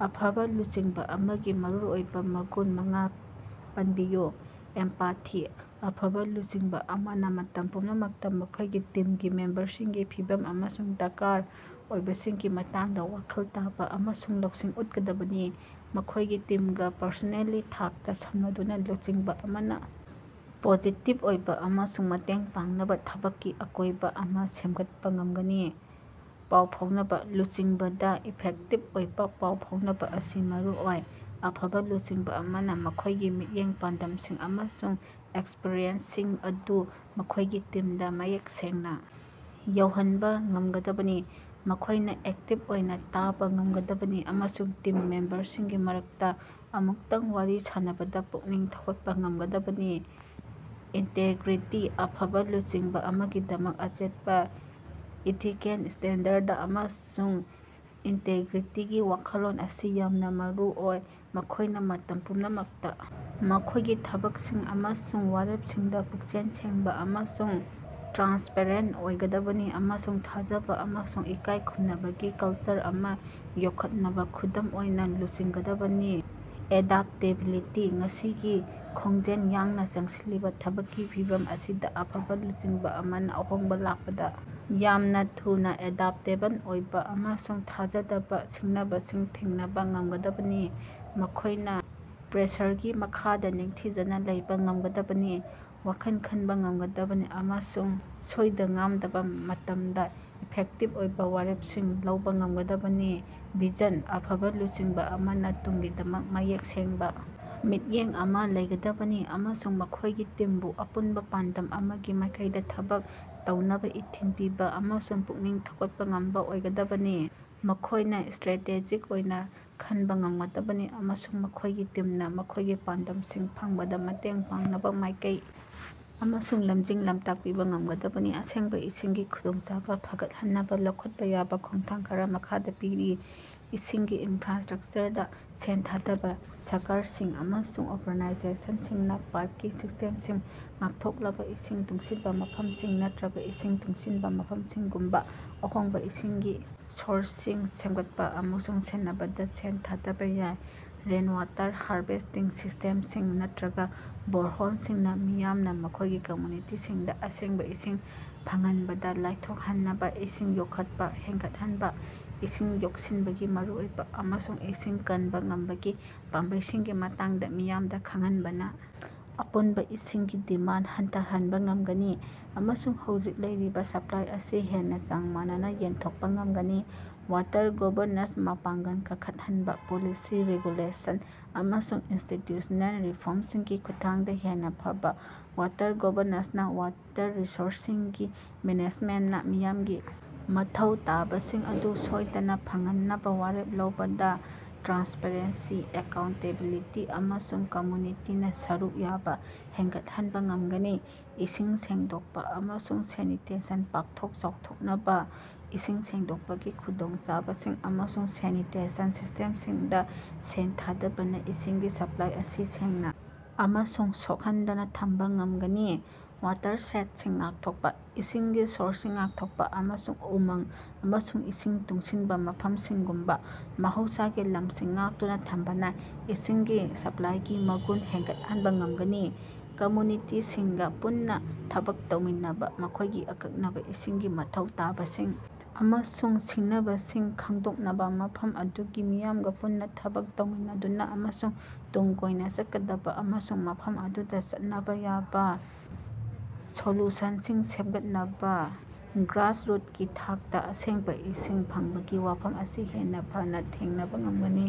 ꯑꯐꯕ ꯂꯨꯆꯤꯡꯕ ꯑꯃꯒꯤ ꯃꯔꯨꯑꯣꯏꯕ ꯃꯒꯨꯟ ꯃꯉꯥ ꯄꯅꯕꯤꯌꯨ꯫ ꯑꯦꯝꯄꯊꯤ: ꯑꯐꯕ ꯂꯨꯆꯤꯡꯕ ꯑꯃꯅ ꯃꯇꯝ ꯄꯨꯝꯅꯃꯛꯇ ꯃꯈꯣꯏꯒꯤ ꯇꯤꯝꯒꯤ ꯃꯦꯝꯕꯔꯁꯤꯡꯒꯤ ꯐꯤꯚꯝ ꯑꯃꯁꯨꯡ ꯗꯔꯀꯥꯔ ꯑꯣꯏꯕꯁꯤꯡꯒꯤ ꯃꯇꯥꯡꯗ ꯋꯥꯈꯜ ꯇꯥꯕ ꯑꯃꯁꯨꯡ ꯂꯧꯁꯤꯡ ꯎꯠꯀꯗꯕꯅꯤ꯫ ꯃꯈꯣꯏꯒꯤ ꯇꯤꯝꯒ ꯄꯔꯁꯣꯅꯦꯜꯒꯤ ꯊꯥꯛꯇ ꯁꯝꯅꯗꯨꯅ ꯂꯨꯆꯤꯡꯕ ꯑꯃꯅ ꯄꯣꯖꯤꯇꯤꯚ ꯑꯣꯏꯕ ꯑꯃꯁꯨꯡ ꯃꯇꯦꯡ ꯄꯥꯡꯅꯕ ꯊꯕꯛꯀꯤ ꯑꯀꯣꯏꯕ ꯑꯃ ꯁꯦꯝꯒꯠꯄ ꯉꯝꯒꯅꯤ꯫ ꯄꯥꯎ ꯐꯥꯎꯅꯕ: ꯂꯨꯆꯤꯡꯕꯗ ꯏꯐꯦꯛꯇꯤꯚ ꯑꯣꯏꯕ ꯄꯥꯎ ꯐꯥꯎꯅꯕ ꯑꯁꯤ ꯃꯔꯨ ꯑꯣꯏ꯫ ꯑꯐꯕ ꯂꯨꯆꯤꯡꯕ ꯑꯃꯅ ꯃꯈꯣꯏꯒꯤ ꯃꯤꯠꯌꯦꯡ, ꯄꯥꯟꯗꯝꯁꯤꯡ ꯑꯃꯁꯨꯡ ꯑꯦꯁꯄꯤꯔꯦꯁꯟꯁꯤꯡ ꯑꯗꯨ ꯃꯈꯣꯏꯒꯤ ꯇꯤꯝꯗ ꯃꯌꯦꯛ ꯁꯦꯡꯅ ꯌꯧꯍꯟꯕ ꯉꯝꯒꯗꯕꯅꯤ꯫ ꯃꯈꯣꯏꯅ ꯑꯦꯛꯇꯤꯚ ꯑꯣꯏꯅ ꯇꯥꯕ ꯉꯝꯒꯗꯕꯅꯤ ꯑꯃꯁꯨꯡ ꯇꯤꯝ ꯃꯦꯝꯕꯔꯁꯤꯡꯒꯤ ꯃꯔꯛꯇ ꯑꯃꯨꯛꯇꯪ ꯋꯥꯔꯤ ꯁꯥꯅꯕꯗ ꯄꯨꯛꯅꯤꯡ ꯊꯧꯒꯠꯄ ꯉꯝꯒꯗꯕꯅꯤ꯫ ꯏꯟꯇꯦꯒ꯭ꯔꯤꯇꯤ: ꯑꯐꯕ ꯂꯨꯆꯤꯡꯕ ꯑꯃꯒꯤꯗꯃꯛ ꯑꯆꯦꯠꯄ ꯏꯊꯤꯀꯦꯜ ꯁ꯭ꯇꯦꯟꯗꯔꯗ ꯑꯃꯁꯨꯡ ꯏꯟꯇꯦꯒ꯭ꯔꯤꯇꯤꯒꯤ ꯋꯥꯈꯜꯂꯣꯟ ꯑꯁꯤ ꯌꯥꯝꯅ ꯃꯔꯨꯑꯣꯏ꯫ ꯃꯈꯣꯏꯅ ꯃꯇꯝ ꯄꯨꯝꯅꯃꯛꯇ ꯃꯈꯣꯏꯒꯤ ꯊꯕꯛꯁꯤꯡ ꯑꯃꯁꯨꯡ ꯋꯥꯔꯦꯞꯁꯤꯡꯗ ꯄꯨꯛꯆꯦꯜ ꯁꯦꯡꯕ ꯑꯃꯁꯨꯡ ꯇ꯭ꯔꯥꯟꯁꯄꯦꯔꯦꯟꯇ ꯑꯣꯏꯒꯗꯕꯅꯤ ꯑꯃꯁꯨꯡ ꯊꯥꯖꯕ ꯑꯃꯁꯨꯡ ꯏꯀꯥꯏ ꯈꯨꯝꯅꯕꯒꯤ ꯀꯜꯆꯔ ꯑꯃ ꯌꯣꯛꯈꯠꯅꯕ ꯈꯨꯗꯝ ꯑꯣꯏꯅ ꯂꯨꯆꯤꯡꯒꯗꯕꯅꯤ꯫ ꯑꯦꯗꯥꯞꯇꯦꯕꯤꯂꯤꯇꯤ: ꯉꯁꯤꯒꯤ ꯈꯣꯡꯖꯦꯜ ꯌꯥꯡꯅ ꯆꯪꯁꯤꯜꯂꯤꯕ ꯊꯕꯛꯀꯤ ꯐꯤꯚꯝ ꯑꯁꯤꯗ ꯑꯐꯕ ꯂꯨꯆꯤꯡꯕ ꯑꯃꯅ ꯑꯍꯣꯡꯕ ꯂꯥꯛꯄꯗ ꯌꯥꯝꯅ ꯊꯨꯅ ꯑꯦꯗꯥꯞꯇꯦꯕꯜ ꯑꯣꯏꯕ ꯑꯃꯁꯨꯡ ꯊꯥꯖꯗꯕ ꯁꯤꯡꯅꯕꯁꯤꯡ ꯊꯦꯡꯅꯕ ꯉꯝꯒꯗꯕꯅꯤ꯫ ꯃꯈꯣꯏꯅ ꯄ꯭ꯔꯦꯁꯔꯒꯤ ꯃꯈꯥꯗ ꯅꯤꯡꯊꯤꯖꯅ ꯂꯩꯕ ꯉꯝꯒꯗꯕꯅꯤ꯫ ꯋꯥꯈꯜ ꯈꯟꯕ ꯉꯝꯒꯗꯕꯅꯤ ꯑꯃꯁꯨꯡ ꯁꯣꯏꯗ-ꯉꯥꯝꯗꯕ ꯃꯇꯝꯗ ꯏꯐꯦꯛꯇꯤꯚ ꯑꯣꯏꯕ ꯋꯥꯔꯦꯞꯁꯤꯡ ꯂꯧꯕ ꯉꯝꯒꯗꯕꯅꯤ꯫ ꯚꯤꯖꯟ: ꯑꯐꯕ ꯂꯨꯆꯤꯡꯕ ꯑꯃꯅ ꯇꯨꯡꯒꯤꯗꯃꯛ ꯃꯌꯦꯛ ꯁꯦꯡꯕ ꯃꯤꯠꯌꯦꯡ ꯑꯃꯥ ꯂꯩꯒꯗꯕꯅꯤ ꯑꯃꯁꯨꯡ ꯃꯈꯣꯏꯒꯤ ꯇꯤꯝꯕꯨ ꯑꯄꯨꯟꯕ ꯄꯥꯟꯗꯝ ꯑꯃꯒꯤ ꯃꯥꯏꯀꯩꯗ ꯊꯕꯛ ꯇꯧꯅꯕ ꯏꯊꯤꯜ ꯄꯤꯕ ꯑꯃꯁꯨꯡ ꯄꯨꯛꯅꯤꯡ ꯊꯧꯒꯠꯄ ꯉꯝꯕ ꯑꯣꯏꯒꯗꯕꯅꯤ꯫ ꯃꯈꯣꯏꯅ ꯁ꯭ꯇꯔꯦꯇꯦꯖꯤꯛ ꯑꯣꯏꯅ ꯈꯟꯕ ꯉꯝꯒꯗꯕꯅꯤ ꯑꯃꯁꯨꯡ ꯃꯈꯣꯏꯒꯤ ꯇꯤꯝꯅ ꯃꯈꯣꯏꯒꯤ ꯄꯥꯟꯗꯝꯁꯤꯡ ꯐꯪꯕꯗ ꯃꯇꯦꯡ ꯄꯥꯡꯅꯕ ꯃꯥꯏꯀꯩ ꯑꯃꯁꯨꯡ ꯂꯝꯖꯤꯡ-ꯂꯝꯇꯥꯛ ꯄꯤꯕ ꯉꯝꯒꯗꯕꯅꯤ꯫ ꯑꯁꯦꯡꯕ ꯏꯁꯤꯡꯒꯤ ꯈꯨꯗꯣꯡꯆꯥꯕ ꯐꯒꯠꯍꯟꯅꯕ ꯂꯧꯈꯠꯄ ꯌꯥꯕ ꯈꯣꯡꯊꯥꯡ ꯈꯔꯥ ꯃꯈꯥꯗ ꯄꯤꯔꯤ:- ꯏꯁꯤꯡꯒꯤ ꯏꯟꯐ꯭ꯔꯥꯁꯇ꯭ꯔꯛꯆꯔꯗ ꯁꯦꯜ ꯊꯥꯗꯕ: ꯁꯔꯀꯥꯔꯁꯤꯡ ꯑꯃꯁꯨꯡ ꯑꯣꯔꯒꯅꯥꯏꯖꯦꯁꯟꯁꯤꯡꯅ ꯄꯥꯏꯞꯀꯤ ꯁꯤꯁ꯭ꯇꯦꯝꯁꯤꯡ, ꯉꯥꯛꯊꯣꯛꯂꯕ ꯏꯁꯤꯡ, ꯇꯨꯡꯁꯤꯟꯕ ꯃꯐꯝꯁꯤꯡ ꯅꯠꯇ꯭ꯔꯒ ꯏꯁꯤꯡ ꯇꯨꯡꯁꯤꯟꯕ ꯃꯐꯝꯁꯤꯡꯒꯨꯝꯕ ,ꯑꯍꯣꯡꯕ ꯏꯁꯤꯡꯒꯤ ꯁꯣꯔꯁꯁꯤꯡ ꯁꯦꯝꯒꯠꯄ ꯑꯃꯁꯨꯡ ꯁꯦꯟꯅꯕꯗ ꯁꯦꯜ ꯊꯥꯗꯕ ꯌꯥꯏ꯫ ꯔꯦꯟꯋꯥꯇꯔ ꯍꯥꯔꯚꯦꯁ꯭ꯇꯤꯡ ꯁꯤꯁ꯭ꯇꯦꯝꯁꯤꯡ ꯅꯠꯇ꯭ꯔꯒ ꯕꯣꯔꯍꯣꯜꯁꯤꯡꯅ ꯃꯤꯌꯥꯝꯅ ꯃꯈꯣꯏꯒꯤ ꯀꯝꯃ꯭ꯌꯨꯅꯤꯇꯤꯁꯤꯡꯗ ꯑꯁꯦꯡꯕ ꯏꯁꯤꯡ ꯐꯪꯍꯟꯕꯗ ꯂꯥꯏꯊꯣꯛꯍꯟꯅꯕ ꯏꯁꯤꯡ ꯌꯣꯛꯈꯠꯄ ꯍꯦꯟꯒꯠꯍꯟꯕ: ꯏꯁꯤꯡ ꯌꯣꯛꯁꯤꯟꯕꯒꯤ ꯃꯔꯨꯑꯣꯏꯕ ꯑꯃꯁꯨꯡ ꯏꯁꯤꯡ ꯀꯟꯕ ꯉꯝꯕꯒꯤ ꯄꯥꯝꯕꯩꯁꯤꯡꯒꯤ ꯃꯇꯥꯡꯗ ꯃꯤꯌꯥꯝꯗ ꯈꯪꯍꯟꯕꯅ ꯑꯄꯨꯟꯕ ꯏꯁꯤꯡꯒꯤ ꯗꯤꯃꯥꯟꯗ ꯍꯟꯊꯍꯟꯕ ꯉꯝꯒꯅꯤ ꯑꯃꯁꯨꯡ ꯍꯧꯖꯤꯛ ꯂꯩꯔꯤꯕ ꯁꯄ꯭ꯂꯥꯏ ꯑꯁꯤ ꯍꯦꯟꯅ ꯆꯥꯡ ꯃꯥꯟꯅꯅ ꯌꯦꯟꯊꯣꯛꯄ ꯉꯝꯒꯅꯤ꯫ ꯋꯥꯇꯔ ꯒꯕꯔꯅꯥꯟꯁ ꯃꯄꯥꯡꯒꯜ ꯀꯟꯈꯠꯍꯟꯕ: ꯄꯣꯂꯤꯁꯤ, ꯔꯦꯒ꯭ꯌꯨꯂꯦꯁꯟ ꯑꯃꯁꯨꯡ ꯏꯟꯁꯇꯤꯇ꯭ꯌꯨꯁ꯭ꯅꯦꯜ ꯔꯤꯐꯣꯔꯝꯁꯤꯡꯒꯤ ꯈꯨꯠꯊꯥꯡꯗ ꯍꯦꯟꯅ ꯐꯕ ꯋꯥꯇꯔ ꯒꯕꯔꯅꯥꯟꯁꯅ ꯋꯥꯇꯔ ꯔꯤꯁꯣꯔꯁꯁꯤꯡꯒꯤ ꯃꯦꯅꯦꯖꯃꯦꯟꯇꯅ ꯃꯤꯌꯥꯝꯒꯤ ꯃꯊꯧ ꯇꯥꯕꯁꯤꯡ ꯑꯗꯨ ꯁꯣꯏꯗꯅ ꯐꯪꯍꯟꯅꯕ ꯋꯥꯔꯦꯞ ꯂꯧꯕꯗ ꯇ꯭ꯔꯥꯟꯁꯄꯔꯦꯟꯁꯤ, ꯑꯦꯀꯥꯎꯟꯇꯦꯕꯤꯂꯤꯇꯤ ꯑꯃꯁꯨꯡ ꯀꯝꯃ꯭ꯌꯨꯅꯤꯇꯤꯅ ꯁꯔꯨꯛ ꯌꯥꯕ ꯍꯦꯟꯒꯠꯍꯟꯕ ꯉꯝꯒꯅꯤ꯫ ꯏꯁꯤꯡ ꯁꯦꯡꯗꯣꯛꯄ ꯑꯃꯁꯨꯡ ꯁꯦꯅꯤꯇꯦꯁꯟ ꯄꯥꯛꯊꯣꯛ ꯆꯥꯎꯊꯣꯛꯅꯕ: ꯏꯁꯤꯡ ꯁꯦꯡꯗꯣꯛꯄꯒꯤ ꯈꯨꯗꯣꯡꯆꯥꯕꯁꯤꯡ ꯑꯃꯁꯨꯡ ꯁꯦꯅꯤꯇꯦꯁꯟ ꯁꯤꯁ꯭ꯇꯦꯝꯁꯤꯡꯗ ꯁꯦꯜ ꯊꯥꯗꯕꯅ ꯏꯁꯤꯡꯒꯤ ꯁꯄ꯭ꯂꯥꯏ ꯑꯁꯤ ꯁꯦꯡꯅ ꯑꯃꯁꯨꯡ ꯁꯣꯛꯍꯟꯗꯅ ꯊꯝꯕ ꯉꯝꯒꯅꯤ꯫ ꯋꯥꯇꯔꯁꯦꯗꯁꯤꯡ ꯉꯥꯛꯊꯣꯛꯄꯥ: ꯏꯁꯤꯡꯒꯤ ꯁꯣꯔꯁꯁꯤꯡ ꯉꯥꯛꯊꯣꯛꯄ ꯑꯃꯁꯨꯡ ꯎꯃꯪ ꯑꯃꯁꯨꯡ ꯏꯁꯤꯡ ꯇꯨꯡꯁꯤꯟꯕ ꯃꯐꯝꯁꯤꯡꯒꯨꯝꯕ ꯃꯍꯧꯁꯥꯒꯤ ꯂꯝꯁꯤꯡ ꯉꯥꯛꯇꯨꯅ ꯊꯝꯕꯅ ꯏꯁꯤꯡꯒꯤ ꯁꯄ꯭ꯂꯥꯏꯒꯤ ꯃꯒꯨꯟ ꯍꯦꯟꯒꯠꯍꯟꯕ ꯉꯝꯒꯅꯤ꯫ ꯀꯝꯃ꯭ꯌꯨꯅꯤꯇꯤꯁꯤꯡꯒ ꯄꯨꯟꯅ ꯊꯕꯛ ꯇꯧꯃꯤꯟꯅꯕ: ꯃꯈꯣꯏꯒꯤ ꯑꯀꯛꯅꯕ ꯏꯁꯤꯡꯒꯤ ꯃꯊꯧ ꯇꯥꯕꯁꯤꯡ ꯑꯃꯁꯨꯡ ꯁꯤꯡꯅꯕꯁꯤꯡ ꯈꯪꯗꯣꯛꯅꯕ ꯃꯐꯝ ꯑꯗꯨꯒꯤ ꯃꯤꯌꯥꯝꯒ ꯄꯨꯟꯅ ꯊꯕꯛ ꯇꯧꯃꯤꯟꯅꯗꯨꯅ ꯑꯃꯁꯨꯡ ꯇꯨꯡ ꯀꯣꯏꯅ ꯆꯠꯀꯗꯕ ꯑꯃꯁꯨꯡ ꯃꯐꯝ ꯑꯗꯨꯗ ꯆꯠꯅꯕ ꯌꯥꯕ ꯁꯣꯂ꯭ꯌꯨꯁꯟꯁꯤꯡ ꯁꯦꯝꯒꯠꯅꯕ, ꯒ꯭ꯔꯥꯁꯔꯨꯠꯀꯤ ꯊꯥꯛꯇ ꯑꯁꯦꯡꯕ ꯏꯁꯤꯡ ꯐꯪꯕꯒꯤ ꯋꯥꯐꯝ ꯑꯁꯤ ꯍꯦꯟꯅ ꯐꯅ ꯊꯦꯡꯅꯕ ꯉꯝꯒꯅꯤ꯫